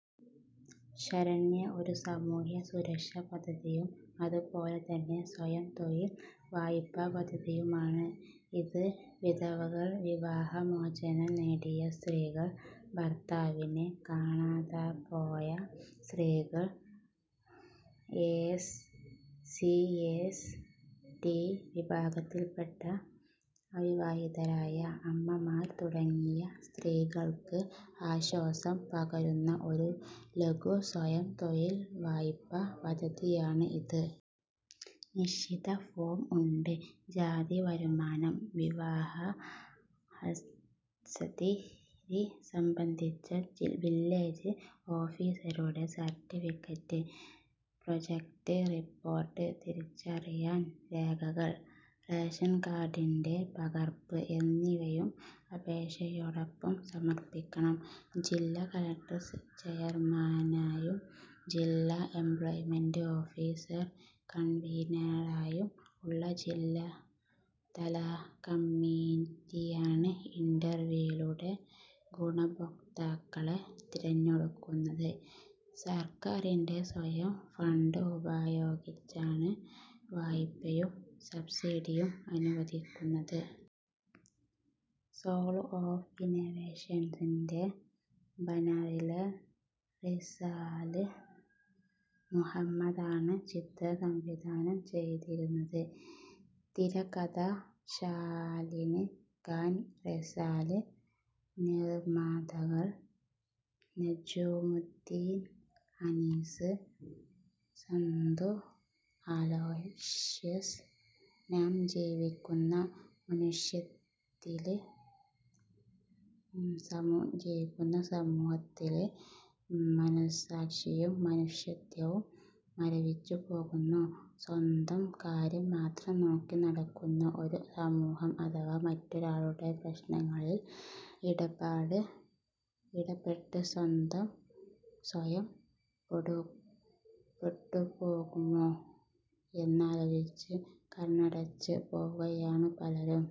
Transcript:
ശരണ്യ ഒരു സാമൂഹ്യ സുരക്ഷാ പദ്ധതിയും അതുപോലെ തന്നെ സ്വയംതൊഴിൽ വായ്പാ പദ്ധതിയുമാണ് ഇത്. വിധവകൾ, വിവാഹമോചനം നേടിയ സ്ത്രീകൾ, ഭർത്താവിനെ കാണാതപോയ സ്ത്രീകൾ, എസ്. സി. / എസ്. ടി. വിഭാഗത്തിൽപ്പെട്ട അവിവാഹിതരായ അമ്മമാർ തുടങ്ങിയ സ്ത്രീകൾക്ക് ആശ്വാസം പകരുന്ന ഒരു ലഘു സ്വയംതൊഴിൽ വായ്പാ പദ്ധതിയാണ് ഇത്. നിശ്ചിത ഫോം ഉണ്ട്. ജാതി, വരുമാനം, വിവാഹസ്ഥിതി സംബന്ധിച്ച വില്ലേജ് ഓഫീസറുടെ സർട്ടിഫിക്കറ്റ്, പ്രോജക്ട് റിപ്പോർട്ട്, തിരിച്ചറിയൽ രേഖകൾ, റേഷൻ കാർഡിന്റെ പകർപ്പ് എന്നിവയും അപേക്ഷയോടൊപ്പം സമർപ്പിക്കണം. ജില്ലാ കളക്ടർ ചെയർമാനായും ജില്ലാ എംപ്ലോയ്മെന്റ് ഓഫീസർ കൺവീനറായും ഉള്ള ജില്ലാതല കമ്മിറ്റിയാണ് ഇന്റർവ്യൂവിലൂടെ ഗുണഭോക്താക്കളെ തിരഞ്ഞെടുക്കുന്നത്. സർക്കാരിന്റെ സ്വന്തം ഫണ്ട് ഉപയോഗിച്ചാണ് വായ്പയും സബ്സിഡിയും അനുവദിക്കുന്നത്. സോള് ഓഫ് ഇന്നോവേഷന്സിന്റെ ബാനറില് റിസാല് മുഹമ്മദാണ് ചിത്രം സംവിധാനം ചെയ്തിരിക്കുന്നത്. തിരക്കഥ ശാലിന് ഖാന് റിസാല്. നിര്മാതാക്കള് നജുമുദ്ദീന് അസീസ്, സന്ദു അലോഷ്യസ്. നാം ജീവിക്കുന്ന സമൂഹത്തില് മനസ്സാക്ഷിയും മനുഷ്യത്വവും മരവിച്ചു പോകുന്നു. സ്വന്തം കാര്യം മാത്രം നോക്കി നടക്കുന്ന ഒരു സമൂഹം, അഥവാ മറ്റൊരാളുടെ പ്രശ്നങ്ങളില് ഇടപെട്ട് സ്വയം പെട്ടുപോകുമോ എന്നാലോചിച്ച് കണ്ണടച്ച് പോവുകയാണ് പലരും.